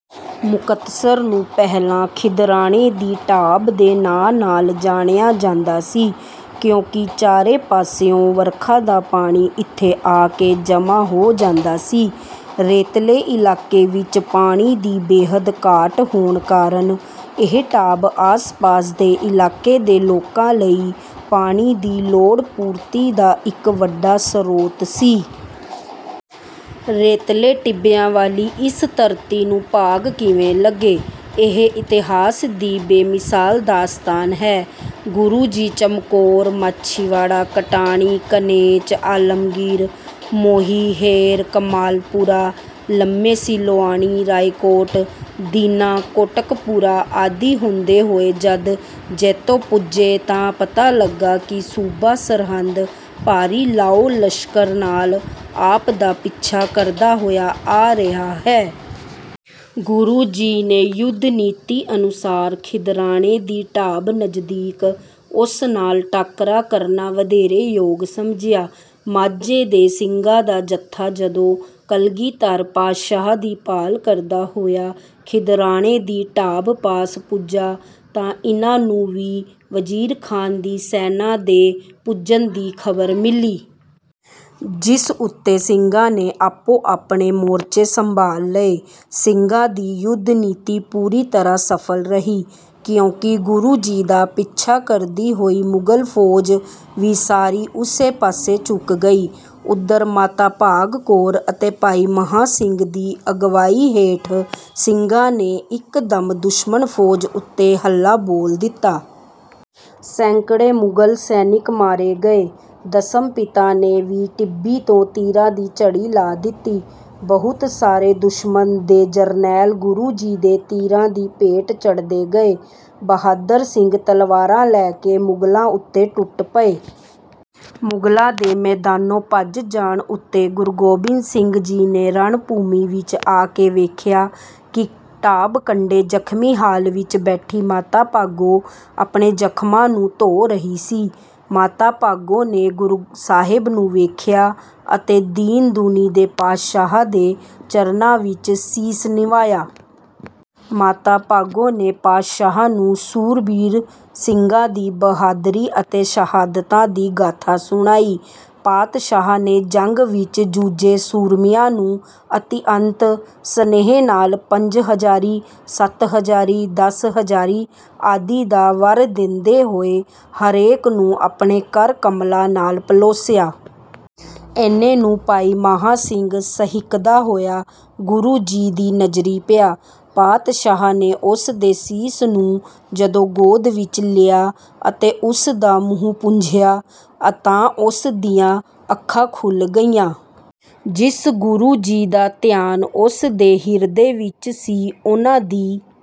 ਮੁਕਤਸਰ ਨੂੰ ਪਹਿਲਾਂ ਖਿਦਰਾਣੇ ਦੀ ਢਾਬ ਦੇ ਨਾਂ ਨਾਲ ਜਾਣਿਆ ਜਾਂਦਾ ਸੀ। ਕਿਉਂਕਿ ਚਾਰੇ ਪਾਸਿਓਂ ਵਰਖਾ ਦਾ ਪਾਣੀ ਇੱਥੇ ਆ ਕੇ ਜਮ੍ਹਾਂ ਹੋ ਜਾਂਦਾ ਸੀ। ਰੇਤਲੇ ਇਲਾਕੇ ਵਿੱਚ ਪਾਣੀ ਦੀ ਬੇਹੱਦ ਘਾਟ ਹੋਣ ਕਾਰਨ ਇਹ ਢਾਬ, ਆਸ-ਪਾਸ ਦੇ ਇਲਾਕੇ ਦੇ ਲੋਕਾਂ ਲਈ ਪਾਣੀ ਦੀ ਲੋੜ-ਪੂਰਤੀ ਦਾ ਇੱਕ ਵੱਡਾ ਸਰੋਤ ਸੀ। ਰੇਤਲੇ ਟਿੱਬਿਆਂ ਵਾਲੀ ਇਸ ਧਰਤੀ ਨੂੰ ਭਾਗ ਕਿਵੇਂ ਲੱਗੇ, ਇਹ ਇਤਿਹਾਸ ਦੀ ਬੇਮਿਸਾਲ ਦਾਸਤਾਨ ਹੈ। ਗੁਰੂ ਜੀ ਚਮਕੌਰ, ਮਾਛੀਵਾੜਾ, ਕਟਾਣੀ, ਕਨੇਚ, ਆਲਮਗੀਰ, ਮੋਹੀ, ਹੇਰ, ਕਮਾਲਪੁਰਾ, ਲੰਮੇ, ਸੀਲੋਆਣੀ, ਰਾਇਕੋਟ, ਦੀਨਾ, ਕੋਟਕਪੂਰਾ ਆਦਿ ਹੁੰਦੇ ਹੋਏ ਜਦ ਜੈਤੋ ਪੁੱਜੇ, ਤਾਂ ਪਤਾ ਲੱਗਾ ਕਿ ਸੂਬਾ ਸਰਹਿੰਦ ਭਾਰੀ ਲਾਓ-ਲਸ਼ਕਰ ਨਾਲ ਆਪ ਦਾ ਪਿੱਛਾ ਕਰਦਾ ਹੋਇਆ ਆ ਰਿਹਾ ਹੈ। ਗੁਰੂ ਜੀ ਨੇ ਯੁੱਧ ਨੀਤੀ ਅਨੁਸਾਰ ਖਿਦਰਾਣੇ ਦੀ ਢਾਬ ਨਜ਼ਦੀਕ ਉਸ ਨਾਲ ਟਾਕਰਾ ਕਰਨਾ ਵਧੇਰੇ ਯੋਗ ਸਮਝਿਆ। ਮਾਝੇ ਦੇ ਸਿੰਘਾਂ ਦਾ ਜਥਾ ਜਦੋਂ ਕਲਗੀਧਰ ਪਾਤਸ਼ਾਹ ਦੀ ਭਾਲ ਕਰਦਾ ਹੋਇਆ ਖਿਦਰਾਣੇ ਦੀ ਢਾਬ ਪਾਸ ਪੁੱਜਾ, ਤਾਂ ਇਨ੍ਹਾਂ ਨੂੰ ਵੀ ਵਜ਼ੀਰ ਖਾਨ ਦੀ ਸੈਨਾ ਦੇ ਪੁੱਜਣ ਦੀ ਖ਼ਬਰ ਮਿਲੀ। ਜਿਸ ਉੱਤੇ ਸਿੰਘਾਂ ਨੇ ਆਪੋ-ਆਪਣੇ ਮੋਰਚੇ ਸੰਭਾਲ ਲਏ। ਸਿੰਘਾਂ ਦੀ ਯੁੱਧ ਨੀਤੀ ਪੂਰੀ ਤਰ੍ਹਾਂ ਸਫਲ ਰਹੀ, ਕਿਉਂਕਿ ਗੁਰੂ ਜੀ ਦਾ ਪਿੱਛਾ ਕਰਦੀ ਹੋਈ ਮੁਗ਼ਲ ਫ਼ੌਜ ਵੀ ਸਾਰੀ ਉਸੇ ਪਾਸੇ ਝੁਕ ਗਈ। ਉੱਧਰ ਮਾਤਾ ਭਾਗ ਕੌਰ ਅਤੇ ਭਾਈ ਮਹਾਂ ਸਿੰਘ ਦੀ ਅਗਵਾਈ ਹੇਠ ਸਿੰਘਾਂ ਨੇ ਇੱਕ ਦਮ ਦੁਸ਼ਮਣ ਫ਼ੌਜ ਉੱਤੇ ਹੱਲਾ ਬੋਲ ਦਿੱਤਾ। ਸੈਂਕੜੇ ਮੁਗਲ ਸੈਨਿਕ ਮਾਰੇ ਗਏ। ਦਸਮ ਪਿਤਾ ਨੇ ਵੀ ਟਿੱਬੀ ਤੋਂ ਤੀਰਾਂ ਦੀ ਝੜੀ ਲਾ ਦਿੱਤੀ। ਬਹੁਤ ਸਾਰੇ ਦੁਸ਼ਮਣ ਦੇ ਜਰਨੈਲ ਗੁਰੂ ਜੀ ਦੇ ਤੀਰਾਂ ਦੀ ਭੇਟ ਚੜ੍ਹਦੇ ਗਏ। ਬਹਾਦਰ ਸਿੰਘ ਤਲਵਾਰਾਂ ਲੈ ਕੇ ਮੁਗ਼ਲਾਂ ਉੱਤੇ ਟੁੱਟ ਪਏ। ਮੁਗ਼ਲਾਂ ਦੇ ਮੈਦਾਨੋਂ ਭੱਜ ਜਾਣ ਉੱਤੇ ਗੁਰੂ ਗੋਬਿੰਦ ਸਿੰਘ ਜੀ ਨੇ ਰਣਭੂਮੀ ਵਿੱਚ ਆ ਕੇ ਵੇਖਿਆ, ਕਿ ਢਾਬ ਕੰਢੇ ਜ਼ਖਮੀ ਹਾਲ ਵਿੱਚ ਬੈਠੀ ਮਾਤਾ ਭਾਗੋ ਆਪਣੇ ਜ਼ਖਮਾਂ ਨੂੰ ਧੋ ਰਹੀ ਸੀ। ਮਾਤਾ ਭਾਗੋ ਨੇ ਗੁਰੂ ਸਾਹਿਬ ਨੂੰ ਵੇਖਿਆ, ਅਤੇ ਦੀਨ ਦੁਨੀ ਦੇ ਪਾਤਸ਼ਾਹ ਦੇ ਚਰਨਾਂ ਵਿੱਚ ਸੀਸ ਨਿਵਾਇਆ। ਮਾਤਾ ਭਾਗੋ ਨੇ ਪਾਤਸ਼ਾਹ ਨੂੰ ਸੂਰਬੀਰ ਸਿੰਘਾਂ ਦੀ ਬਹਾਦਰੀ ਅਤੇ ਸ਼ਹਾਦਤਾਂ ਦੀ ਗਾਥਾ ਸੁਣਾਈ। ਪਾਤਸ਼ਾਹ ਨੇ ਜੰਗ ਵਿੱਚ ਜੂਝੇ ਸੂਰਮਿਆਂ ਨੂੰ ਅਤਿਅੰਤ ਸਨੇਹ ਨਾਲ ਪੰਜ ਹਜ਼ਾਰੀ, ਸੱਤ ਹਜ਼ਾਰੀ, ਦਸ ਹਜ਼ਾਰੀ ਆਦਿ ਦਾ ਵਰ ਦਿੰਦੇ ਹੋਏ, ਹਰੇਕ ਨੂੰ ਆਪਣੇ ਕਰ ਕਮਲਾਂ ਨਾਲ ਪਲੋਸਿਆ। ਏਨੇ ਨੂੰ ਭਾਈ ਮਹਾਂ ਸਿੰਘ ਸਹਿਕਦਾ ਹੋਇਆ ਗੁਰੂ ਜੀ ਦੀ ਨਜ਼ਰੀਂ ਪਿਆ। ਪਾਤਸ਼ਾਹ ਨੇ ਉਸ ਦੇ ਸੀਸ ਨੂੰ ਜਦੋਂ ਗੋਦ ਵਿੱਚ ਲਿਆ, ਅਤੇ ਉਸ ਦਾ ਮੂੰਹ ਪੂੰਝਿਆ, ਤਾਂ ਉਸ ਦੀਆਂ ਅੱਖਾਂ ਖੁੱਲ੍ਹ ਗਈਆਂ। ਜਿਸ ਗੁਰੂ ਜੀ ਦਾ ਧਿਆਨ ਉਸ ਦੇ ਹਿਰਦੇ ਵਿੱਚ ਸੀ, ਉਨ੍ਹਾਂ ਦੀ